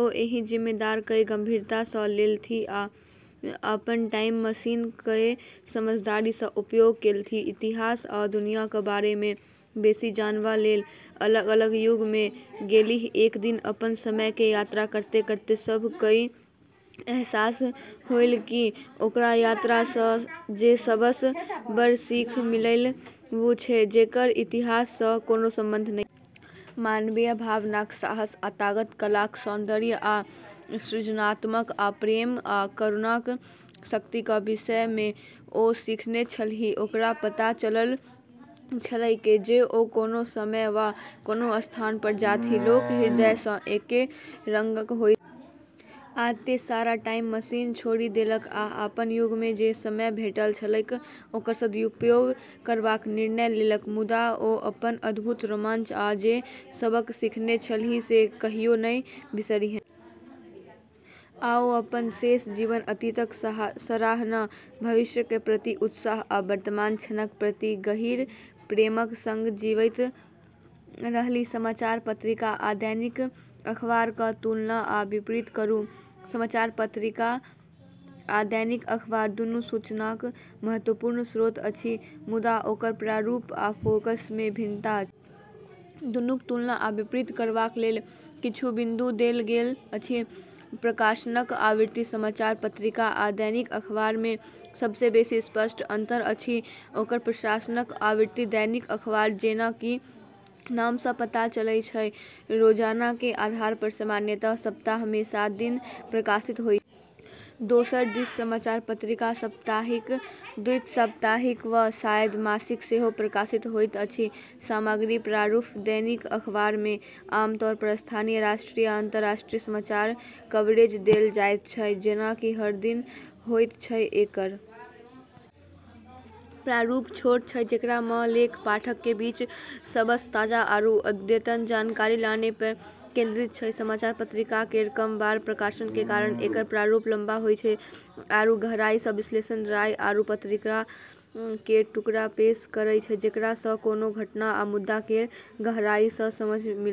ओ एहि जिम्मेदारी कए गंभीरता स लेलथि आ अपन टाइम मशीन कए समझदारी स उपयोग केलथि, इतिहास आ दुनिया क बारे मे बेसी जानबा लेल अलग-अलग युग मे गेलीह। एक दिन अपनऽ समय के यात्रा करते-करते सभ कऽ ई अहसास होलै कि ओकरऽ यात्रा सऽ जे सबसऽ बड़ऽ सीख मिललै, वू छै जेकरऽ इतिहास सऽ कोनो संबंध नै छै। मानवीय भावनाक साहस आ ताकत, कलाक सौन्दर्य आ सृजनात्मकता, आ प्रेम आ करुणाक शक्तिक विषय मे ओ सीखने छलीह। ओकरा पता चलल छलैक जे ओ कोनो समय वा कोनो स्थान पर जाथि, लोक हृदय सँ एके रंगक होइत छैक। आ तें, सारा टाइम मशीन छोड़ि देलक आ अपन युग मे जे समय भेटल छलैक ओकर सदुपयोग करबाक निर्णय लेलक। मुदा ओ अपन अद्भुत रोमांच, आ जे सबक सीखने छलीह से कहियो नहि बिसरलीह। आ ओ अपन शेष जीवन अतीतक सराहना, भविष्यक प्रति उत्साह, आ वर्तमान क्षणक प्रति गहींर प्रेमक संग जीबैत रहलीह। समाचार पत्रिका आ दैनिक अखबारक तुलना आ विपरीत करू। समाचार पत्रिका आ दैनिक अखबार दुनू सूचनाक महत्वपूर्ण स्रोत अछि मुदा ओकर प्रारूप आ फोकस मे भिन्नता अछि। दुनूक तुलना आ विपरीत करबाक लेल किछु बिन्दु देल गेल अछि। प्रकाशनक आवृत्ति: समाचार पत्रिका आ दैनिक अखबार मे सबसँ बेसी स्पष्ट अंतर अछि ओकर प्रकाशनक आवृत्ति। दैनिक अखबार, जेना कि नाम सं पता चलै छै, रोजाना के आधार पर, सामान्यतः सप्ताह में सात दिन प्रकाशित होय छै। दोसर दिस समाचार पत्रिका साप्ताहिक, द्विसाप्ताहिक, वा शायद मासिक सेहो प्रकाशित होइत अछि। सामग्री प्रारूप: दैनिक अखबारक मे आमतौर पर स्थानीय, राष्ट्रीय आ अंतर्राष्ट्रीय समाचारक कवरेज देल जायत छै जेना कि हर दिन होयत छै ।एकरऽ प्रारूप छोटऽ छै, जेकरा मऽ लेख पाठकऽ के बीच सबसऽ ताजा आरू अद्यतन जानकारी लानै पऽ केंद्रित छै। समाचार पत्रिका केरऽ कम बार प्रकाशन के कारण एकरऽ प्रारूप लम्बा होय छै आरू गहराई सऽ विश्लेषण, राय, आरू पत्रकारिता केरऽ टुकड़ा पेश करै छै जेकरा सऽ कोनो घटना या मुद्दा केरऽ गहराई सऽ समझ मिलै छै।